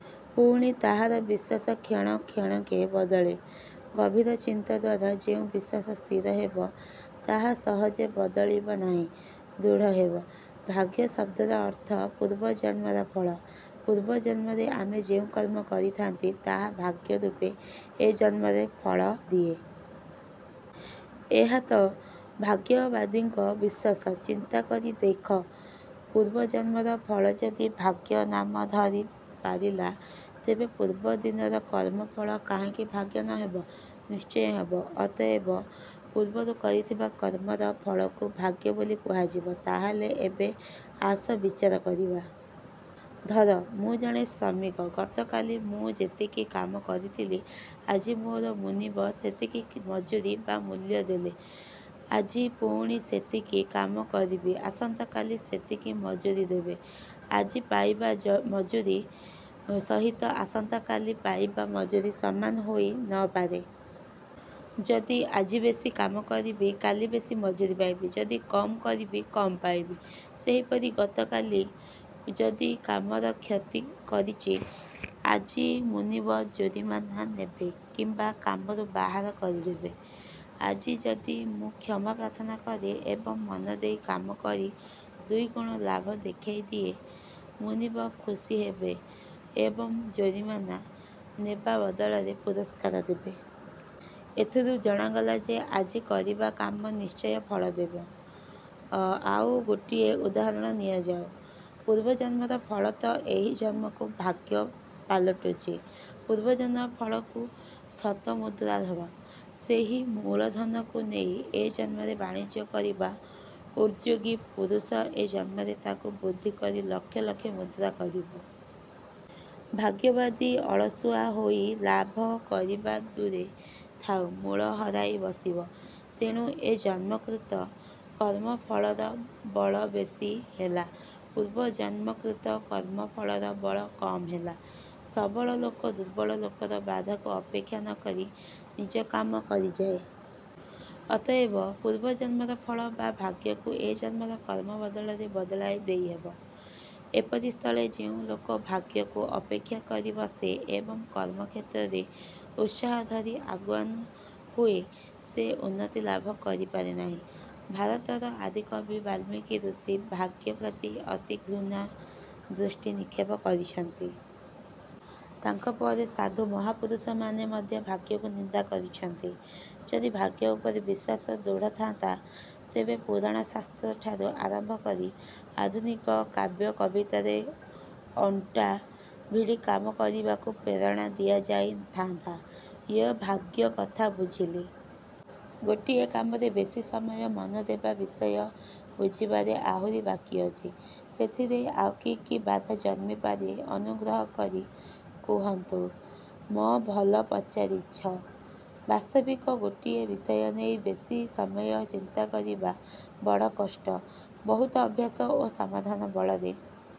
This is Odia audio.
ପୁଣି ତାହାର ବିଶ୍ଵାସ କ୍ଷଣ କ୍ଷଣକେ ବଦଳେ। ଗଭୀର ଚିନ୍ତା ଦ୍ଵାରା ଯେଉଁ ବିଶ୍ଵାସ ସ୍ଥିର ହେବ, ତାହା ସହଜେ ବଦଳିବ ନାହିଁ; ଦୃଢ଼ ହେବ। ଭାଗ୍ୟ ଶବ୍ଦର ଅର୍ଥ ପୂର୍ବଜନ୍ମର ଫଳ। ପୂର୍ବଜନ୍ମରେ ଆମେ ଯେଉଁ କର୍ମ କରିଥାନ୍ତି, ତାହା ଭାଗ୍ୟରୂପେ ଏ ଜନ୍ମରେ ଫଳ ଦିଏ। ଏହାତ ଭାଗ୍ୟବାଦୀଙ୍କ ବିଶ୍ଵାସ। ଚିନ୍ତା କରି ଦେଖ; ପୂର୍ବଜନ୍ମର ଫଳ ଯଦି ଭାଗ୍ୟ ନାମ ଧରି ପାରିଲା ତେବେ ପୂର୍ବ ଦିନର କର୍ମଫଳ କାହିଁକି ଭାଗ୍ୟ ନ ହେବ? ନିଶ୍ଚୟ ହେବ। ଅତଏବ ପୂର୍ବରୁ କରିଥିବା କର୍ମର ଫଳକୁ ଭାଗ୍ୟ ବୋଲି କୁହାଯିବ। ତାହାହେଲେ ଏବେ ଆସ, ବିଚାର କରିବା। ଧର, ମୁଁ ଜଣେ ଶ୍ରମିକ। ଗତକାଲି ମୁଁ ଯେତିକି କାମ କରିଥିଲି, ଆଜି ମୋର ମୁନିବ ସେତିକି ମଜୁରୀ ବା ମୂଲ୍ୟ ଦେଲେ। ଆଜି ପୁଣି ଯେତିକି କାମ କରିବି, ଆସନ୍ତାକାଲି ସେତିକି ମଜୁରୀ ଦେବେ। ଆଜି ପାଇବା ମଜୁରୀ ସହିତ ଆସନ୍ତାକାଲି ପାଇବା ମଜୁରୀ ସମାନ ହୋଇ ନ ପାରେ। ଯଦି ଆଜି ବେଶୀ କାମ କରିବି, କାଲି ବେଶୀ ମଜୁରୀ ପାଇବି। ଯଦି କମ୍ କରିବି, କମ୍ ପାଇବି। ସେହିପରି ଗତକାଲି ଯଦି କାମର କ୍ଷତି କରିଛି, ଆଜି ମୁନିବ ଜୋରିମାନା ନେବେ କିମ୍ବା କାମରୁ ବାହାର କରିଦେବେ। ଆଜି ଯଦି ମୁଁ କ୍ଷମା ପ୍ରାର୍ଥନା କରେ ଏବଂ ମନଦେଇ କାମ କରି ଦୁଇ ଗୁଣ ଲାଭ ଦେଖାଇ ଦିଏ, ମୁନିବ ଖୁସି ହେବେ ଏବଂ ଜୋରିମାନା ନେବା ବଦଳରେ ପୁରସ୍କାର ଦେବେ। ଏଥିରୁ ଜଣାଗଲା ଯେ, ଆଜି କରିବା କାମ ନିଶ୍ଚୟ ଫଳ ଦେବ। ଆଉ ଗୋଟିଏ ଉଦାହରଣ ନିଆଯାଉ। ପୂର୍ବଜନ୍ମର ଫଳ ତ ଏହି ଜନ୍ମକୁ ଭାଗ୍ୟ ପାଲଟୁଛି। ପୂର୍ବଜନ୍ମର ଫଳକୁ ଶତ ମୁଦ୍ରା ଧର। ସେହି ମୂଳଧନକୁ ନେଇ ଏ ଜନ୍ମରେ ବାଣିଜ୍ୟ କରିବା। ଉଦଯୋଗୀ ପୁରୁଷ ଏ ଜନ୍ମରେ ତାକୁ ବୃଦ୍ଧି କରି ଲକ୍ଷ ଲକ୍ଷ ମୁଦ୍ରା କରିବ। ଭାଗ୍ୟବାଦୀ ଅଳସୁଆ ହୋଇ ଲାଭ କରିବା ଦୂରେ ଥାଉ ମୂଳ ହରାଇ ବସିବ। ତେଣୁ ଏ ଜନ୍ମକୃତ କର୍ମଫଳର ବଳ ବେଶୀ ହେଲା। ପୂର୍ବ ଜନ୍ମକୃତ କର୍ମଫଳର ବଳ କମ୍ ହେଲା। ସବଳ ଲୋକ ଦୁର୍ବଳ ଲୋକର ବାଧାକୁ ଅପେକ୍ଷା ନ କରି ନିଜ କାମ କରିଯାଏ। ଅତଏବ ପୂର୍ବଜନ୍ମର ଫଳ ବା ଭାଗ୍ୟକୁ ଏ ଜନ୍ମର କର୍ମ ବଳରେ ବଦଳାଇ ଦେଇହେବ। ଏପରି ସ୍ଥଳେ ଯେଉଁ ଲୋକ ଭାଗ୍ୟକୁ। ଅପେକ୍ଷା କରି ବସେ ଏବଂ କର୍ମକ୍ଷେତ୍ରରେ ଉତ୍ସାହ ଧରି ଆଗୁଆ ନ ହୁଏ, ସେ ଉନ୍ନତି ଲାଭ କରିପାରେ ନାହିଁ। ଭାତରର ଆଦିକବି ବାଲ୍ମୀକି ଋଷି ଭାଗ୍ୟ ପ୍ରତି ଅତି ଘୃଣା ଦୃଷ୍ଟି ନିକ୍ଷେପ କରିଛନ୍ତି। ତାଙ୍କ ପରେ ସାଧୁ ମହାପୁରୁଷମାନେ ମଧ୍ୟ ଭାଗ୍ୟକୁ ନିନ୍ଦା କରିଛନ୍ତି। ଯଦି ଭାଗ୍ୟ ଉପରେ ବିଶ୍ଵାସ ଦୃଢ଼ ଥାନ୍ତା, ତେବେ ପୁରାଣ ଶାସ୍ତ୍ର ଠାରୁ ଆରମ୍ଭ କରି ଆଧୁନିକ କାବ୍ୟ କବିତାରେ ଅଣ୍ଟା ଭିଡ଼ି କାମ କରିବାକୁ ପ୍ରେରଣା ଦିଆଯାଇ ନ ଥାନ୍ତା-। ୟ-ଭାଗ୍ୟ କଥା ବୁଝିଲି। ଗୋଟିଏ କାମରେ ବେଶୀ ସମୟ ମନ ଦେବା ବିଷୟ ବୁଝିବାରେ ଆହୁରି ବାକି ଅଛି। ସେଥିରେ ଆଉ କି କି ବାଧା ଜନ୍ମିପାରେ ଅନୁଗ୍ରହ କରି କହନ୍ତୁ। ମ-ଭଲ ପଚାରିଛ। ବାସ୍ତବିକ ଗୋଟିଏ ବିଷୟ ନେଇ ବେଶୀ ସମୟ ଚିନ୍ତା କରିବା ବଡ଼ କଷ୍ଟ। ବହୁତ ଅଭ୍ୟାସ ଓ ସାବଧାନ ବଳରେ